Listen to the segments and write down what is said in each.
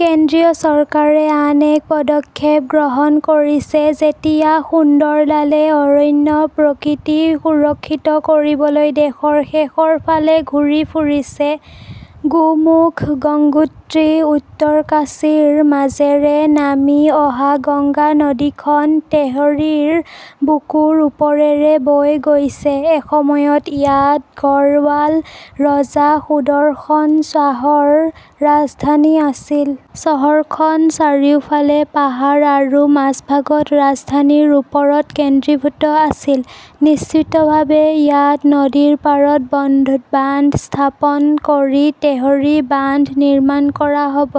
কেন্দ্ৰীয় চৰকাৰে আন এক পদক্ষেপ গ্ৰহণ কৰিছে যেতিয়া সুন্দৰলালে অৰণ্য-প্ৰকৃতি সুৰক্ষিত কৰিবলৈ দেশৰ শেষৰ ফালে ঘূৰি ফুৰিছে। গোমুখ, গংগোত্ৰী, উত্তৰকাশীৰ মাজেৰে নামি অহা গংগা নদীখন তেহৰিৰ বুকুৰ ওপৰেৰে বৈ গৈছে। এসময়ত ইয়াত গড়ৱাল ৰজা সুদৰ্শন শ্বাহৰ ৰাজধানী আছিল। চহৰখন চাৰিওফালে পাহাৰ আৰু মাজভাগত ৰাজধানীৰ ওপৰত কেন্দ্ৰীভূত আছিল। নিশ্চিতভাৱে, ইয়াত নদীৰ পাৰত বান্ধ স্থাপন কৰি তেহৰী বান্ধ নিৰ্মাণ কৰা হ'ব।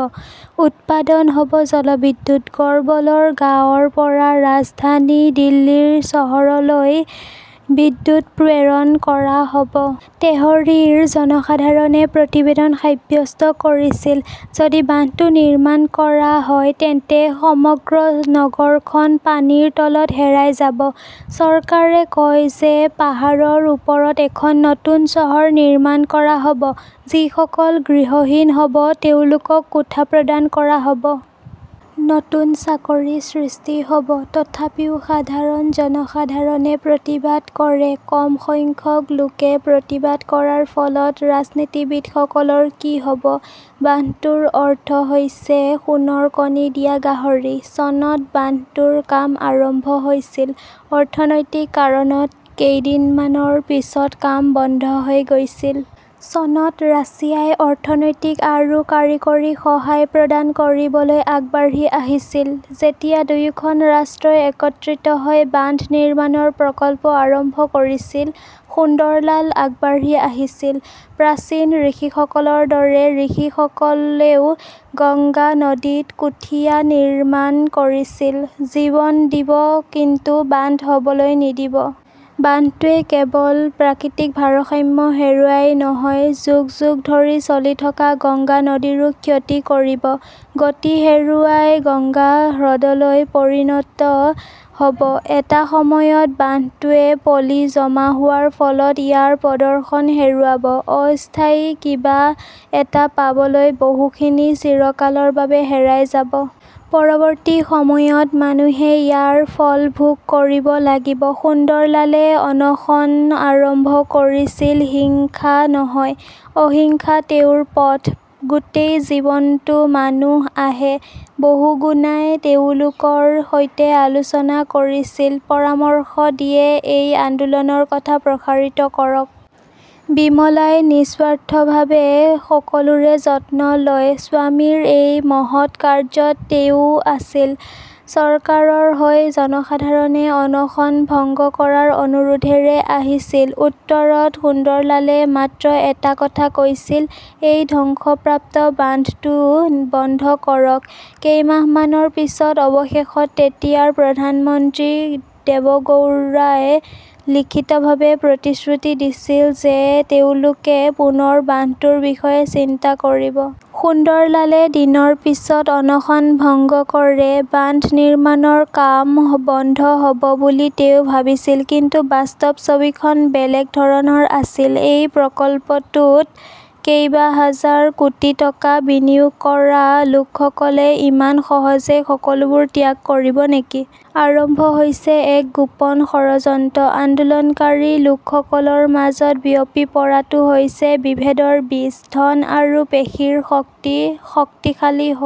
উৎপাদন হ'ব জলবিদ্যুৎ। গড়বলৰ গাঁৱৰ পৰা ৰাজধানী দিল্লীৰ চহৰলৈ বিদ্যুৎ প্ৰেৰণ কৰা হ'ব। তেহৰীৰ জনসাধাৰণে প্ৰতিবাদ সাব্যস্ত কৰিছিল। যদি বান্ধটো নিৰ্মাণ কৰা হয়, তেন্তে সমগ্ৰ নগৰখন পানীৰ তলত হেৰাই যাব। চৰকাৰে কয় যে পাহাৰৰ ওপৰত এখন নতুন চহৰ নিৰ্মাণ কৰা হ'ব। যিসকল গৃহহীন হ'ব তেওঁলোকক কোঠা প্ৰদান কৰা হ'ব। নতুন চাকৰি সৃষ্টি হ'ব। তথাপিও সাধাৰণ জনসাধাৰণে প্ৰতিবাদ কৰে। কম সংখ্যক লোকে প্ৰতিবাদ কৰাৰ ফলত ৰাজনীতিবিদসকলৰ কি হ'ব? বান্ধটোৰ অৰ্থ হৈছে সোণৰ কণী দিয়া গাহৰি। চনত বান্ধটোৰ কাম আৰম্ভ হৈছিল। অৰ্থনৈতিক কাৰণত কেইদিনমানৰ পিছত কাম বন্ধ হৈ গৈছিল। চনত ৰাছিয়াই অৰ্থনৈতিক আৰু কাৰিকৰী সহায় প্ৰদান কৰিবলৈ আগবাঢ়ি আহিছিল। যেতিয়া দুয়োখন ৰাষ্ট্ৰই একত্ৰিত হৈ বান্ধ নিৰ্মাণৰ প্ৰকল্প আৰম্ভ কৰিছিল, সুন্দৰলাল আগবাঢ়ি আহিছিল। প্ৰাচীন ঋষিসকলৰ দৰে ঋষিসকলেও গংগা নদীত কুথীয়া নিৰ্মাণ কৰিছিল। জীৱন দিব, কিন্তু বান্ধ হ'বলৈ নিদিব। বান্ধটোৱে কেৱল প্ৰাকৃতিক ভাৰসাম্য হেৰুৱাই নহয়, যুগ - যুগ ধৰি চলি থকা গংগা নদীৰো ক্ষতি কৰিব। গতি হেৰুৱাই গঙ্গা হ্ৰদলৈ পৰিণত হ'ব। এটা সময়ত বান্ধটোৱে পলি জমা হোৱাৰ ফলত ইয়াৰ প্ৰদৰ্শন হেৰুৱাব। অস্থায়ী কিবা এটা পাবলৈ বহুখিনি চিৰকালৰ বাবে হেৰাই যাব। পৰৱৰ্তী সময়ত মানুহে ইয়াৰ ফল ভোগ কৰিব লাগিব। সুন্দৰলালে অনশন আৰম্ভ কৰিছিল। হিংসা নহয়। অহিংসা তেওঁৰ পথ। গোটেই দিনটো মানুহ আহে। বহুগুনাই তেওঁলোকৰ সৈতে আলোচনা কৰিছিল। পৰামৰ্শ দিয়ে, এই আন্দোলনৰ কথা প্ৰসাৰিত কৰক। বিমলাই নিস্বাৰ্থভাৱে সকলোৰে যত্ন লয়। স্বামীৰ এই মহৎ কাৰ্য্যত তেওঁও আছিল। চৰকাৰৰ হৈ জনসাধাৰণে অনশন ভংগ কৰাৰ অনুৰোধৰে আহিছিল। উত্তৰত সুন্দৰলালে মাত্ৰ এটা কথা কৈছিল, এই ধ্বংসপ্ৰাপ্ত বান্ধটো বন্ধ কৰক। ""কেইমাহমানৰ পিছত অৱশেষত তেতিয়াৰ প্ৰধানমন্ত্ৰী দেৱগৌড়াৱে লিখিতভাৱে প্ৰতিশ্ৰুতি দিছিল যে তেওঁলোকে পুনৰ বান্ধটোৰ বিষয়ে চিন্তা কৰিব। সুন্দৰলালে দিনৰ পিছত অনশন ভংগ কৰে। বান্ধ নিৰ্মাণৰ কাম বন্ধ হ ""ব বুলি তেওঁ ভাবিছিল, কিন্তু বাস্তৱ ছবিখন বেলেগ ধৰণৰ আছিল। এই প্ৰকল্পটোত কেইবাহাজাৰ কোটি টকা বিনিয়োগ কৰা লোকসকলে ইমান সহজে সকলোবোৰ ত্যাগ কৰিব নেকি? আৰম্ভ হৈছে এক গোপন ষড়যন্ত্ৰ। আন্দোলনকাৰী লোকসকলৰ মাজত বিয়পি পৰাটো হৈছে বিভেদৰ বীজ। ধন আৰু পেশীৰ শক্তি শক্তিশালী হৈ"